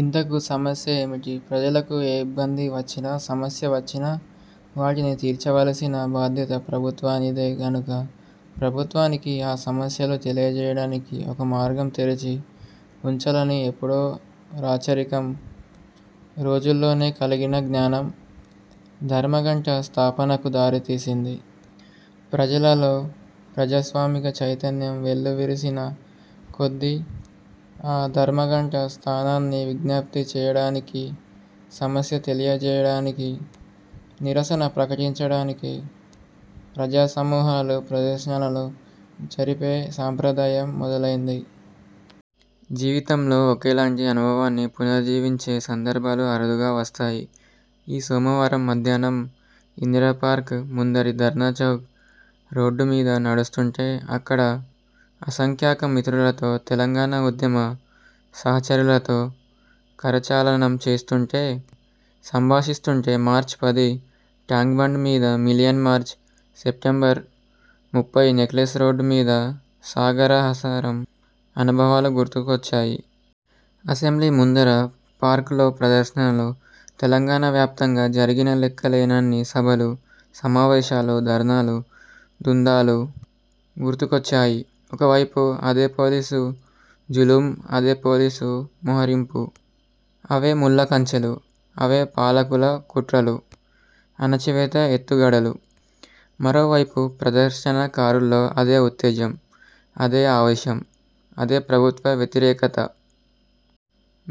ఇంతకూ సమస్య ఏమిటి? ప్రజలకు ఏ ఇబ్బంది వచ్చినా, సమస్య వచ్చినా వాటిని తీర్చవలసిన బాధ్యత ప్రభుత్వానిదే గనుక, ప్రభుత్వానికి ఆ సమస్యలు తెలియజేయడానికి ఒక మార్గం తెరిచి ఉంచాలని ఎప్పుడో రాచరికం రోజుల్లోనే కలిగిన జ్ఞానం ధర్మగంట స్థాపనకు దారి తీసింది. ప్రజలలో ప్రజాస్వామిక చైతన్యం వెల్లివిరిసిన కొద్దీ ఆ ధర్మగంట స్థానాన్ని విజ్ఞప్తి చేయడానికి, సమస్య తెలియజేయడానికి, నిరసన ప్రకటించడానికి ప్రజాసమూహాలు ప్రదర్శనలు జరిపే సంప్రదాయం మొదలయింది. జీవితంలో ఒకేలాంటి అనుభవాన్ని పునర్జీవించే సందర్భాలు అరుదుగా వస్తాయి. ఈ సోమవారం మధ్యాహ్నం ఇందిరా పార్క్ ముందరి ధర్నా చౌక్ రోడ్డు మీద నడుస్తుంటే, అక్కడ అసంఖ్యాక మిత్రులతో, తెలంగాణ ఉద్యమ సహచరులతో కరచాలనం చేస్తుంటే, సంభాషిస్తుంటే మార్చ్ పది టాంక్ బండ్ మీద మిలియన్ మార్చ్, సెప్టెంబర్ ముప్పై నెక్లెస్ రోడ్ మీద సాగరహారం అనుభవాలు గుర్తుకొచ్చాయి. అసెంబ్లీ ముందర గపార్క్ లో ప్రదర్శనలు, తెలంగాణ వ్యాప్తంగా జరిగిన లెక్కలేనన్ని సభలు, సమావేశాలు, ధర్నాలు, ధూంధాంలు గుర్తుకొచ్చాయి. ఒకవైపు అదే పోలీసు జులుం, అదే పోలీసు మోహరింపు, అవే ముళ్ల కంచెలు. అవే పాలకుల కుట్రలు, అణచివేత ఎత్తుగడలు. మరొకవైపు ప్రదర్శనకారుల్లో అదే ఉత్తేజం, అదే ఆవేశం, అదే ప్రభుత్వ వ్యతిరేకత.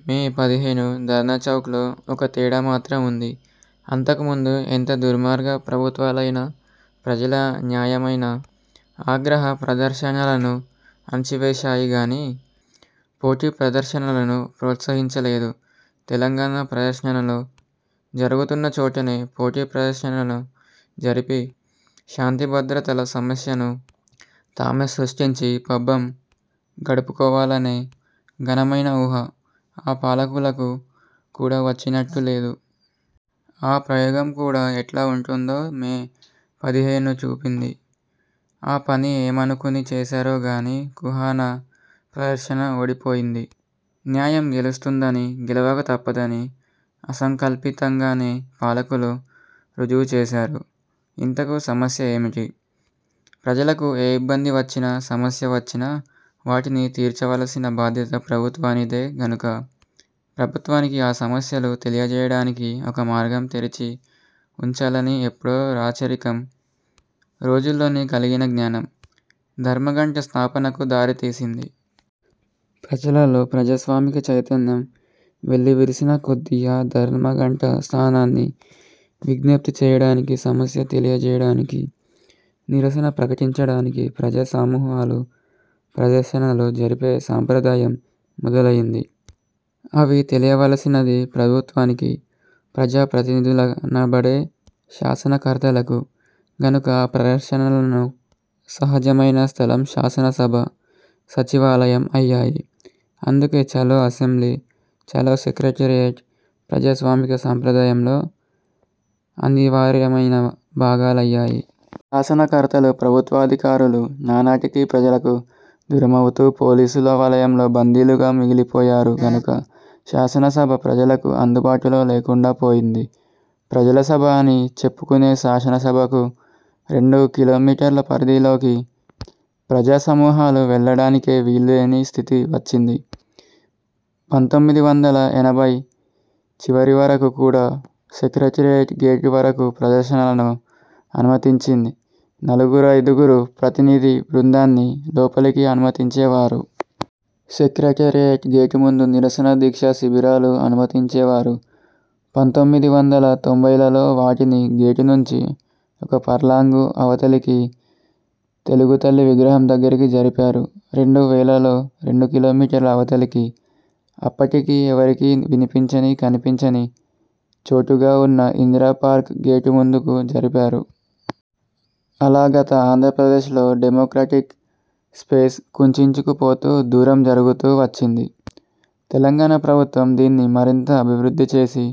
మే పదిహేను ధర్నాచౌక్ లో ఒక తేడా మాత్రం ఉంది. అంతకు ముందు ఎంత దుర్మార్గ ప్రభుత్వాలైనా ప్రజల న్యాయమైన ఆగ్రహ ప్రదర్శనలను అణచివేశాయి గాని, పోటీ ప్రదర్శనలను ప్రోత్సహించలేదు. తెలంగాణ ప్రదర్శనలు జరుగుతున్న చోటనే పోటీ ప్రదర్శన జరిపి శాంతిభద్రతల సమస్యను తామే సృష్టించి పబ్బం గడుపుకోవాలనే ఘనమైన ఊహ ఆ పాలకులకు కూడ వచ్చినట్టు లేదు. ఆ ప్రయోగం కూడ ఎట్లా ఉంటుందో మే పదిహేను చూపింది. ఆ పని ఏమనుకుని చేశారో గాని కుహనా ప్రదర్శన ఓడిపోయింది. న్యాయం గెలుస్తుందని, గెలవకతప్పదని అసంకల్పితంగానే పాలకులు రుజువు చేశారు. ఇంతకూ సమస్య ఏమిటి? ప్రజలకు ఏ ఇబ్బంది వచ్చినా, సమస్య వచ్చినా వాటిని తీర్చవలసిన బాధ్యత ప్రభుత్వానిదే గనుక, ప్రభుత్వానికి ఆ సమస్యలు తెలియజేయడానికి ఒక మార్గం తెరిచి ఉంచాలని ఎప్పుడో రాచరికం రోజుల్లోనే కలిగిన జ్ఞానం ధర్మగంట స్థాపనకు దారి తీసింది. ప్రజలలో ప్రజాస్వామిక చైతన్యం వెల్లివిరిసిన కొద్దీ ఆ ధర్మగంట స్థానాన్ని విజ్ఞప్తి చేయడానికి, సమస్య తెలియజేయడానికి, నిరసన ప్రకటించడానికి ప్రజాసమూహాలు ప్రదర్శనలు జరిపే సంప్రదాయం మొదలయింది. అవి తెలియవలసినది ప్రభుత్వానికీ, ప్రజాప్రతినిధులనబడే శాసనకర్తలకూ గనుక ఆ ప్రదర్శనలకు సహజమైన స్థలం శాసనసభ, సచివాలయం అయ్యాయి. అందుకే చలో అసెంబ్లీ, చలో సెక్రటేరియట్ ప్రజాస్వామిక సంప్రదాయంలో అనివార్యమైన భాగాలయ్యాయి. శాసనకర్తలు, ప్రభుత్వాధికారులు నానాటికీ ప్రజలకు దూరమవుతూ, పోలీసు వలయంలో బందీలుగా మిగిలిపోయారు గనుక శాసనసభ ప్రజలకు అందుబాటులో లేకుండా పోయింది. ప్రజల సభ అని చెప్పుకునే శాసనసభకు రెండు కిమీ పరిధిలోకి ప్రజాసమూహాలు వెళ్లడానికే వీలులేని స్థితి వచ్చింది. పంతొమ్మిది వందల ఎనభైల చివరి వరకు కూడ సెక్రటేరియట్ గేటు వరకూ ప్రదర్శనలను అనుమతించి, నలుగురైదుగురు ప్రతినిధి బృందాన్ని లోపలికి అనుమతించేవారు. సెక్రటేరియట్ గేటు ముందు నిరసన దీక్షా శిబిరాలు అనుమతించేవారు. పంతొమ్మిది వందల తొంభైలలో వాటిని గేటు నుంచి ఒక ఫర్లాంగు అవతలికి తెలుగుతల్లి విగ్రహం దగ్గరికి జరిపారు. రెండు వేలలో రెండు కిమీ అవతలికి, అప్పటికి ఎవరికీ వినిపించని కనిపించని చోటుగా ఉన్న ఇందిరాపార్క్ గేటు ముందుకు జరిపారు. అలా గత ఆంధ్రప్రదేశ్ లో డెమొక్రటిక్ స్పేస్ కుంచించుకుపోతూ, దూరం జరుగుతూ వచ్చింది. తెలంగాణ ప్రభుత్వం దీన్ని మరింత "అభివృద్ధి" చేసి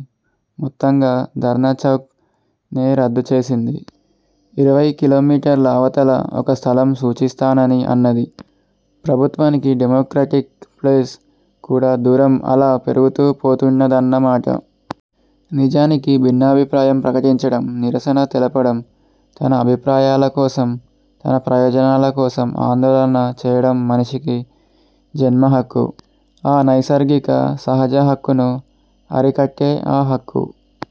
మొత్తంగా ధర్నా చౌక్ నే రద్దు చేసింది. ఇరవై కిమీ అవతల ఒక స్థలం సూచిస్తానని అన్నది. ప్రభుత్వానికీ డెమొక్రటిక్ స్పేస్ కూ దూరం అలా పెరుగుతూ పోతున్నదన్న మాట. నిజానికి భిన్నాభిప్రాయం ప్రకటించడం, నిరసన తెలపడం, తన అభిప్రాయాల కోసం, తన ప్రయోజనాల కోసం ఆందోళన చేయడం మనిషికి జన్మహక్కు. ఆ నైసర్గిక, సహజ హక్కును అరికట్టే, ఆ హక్కు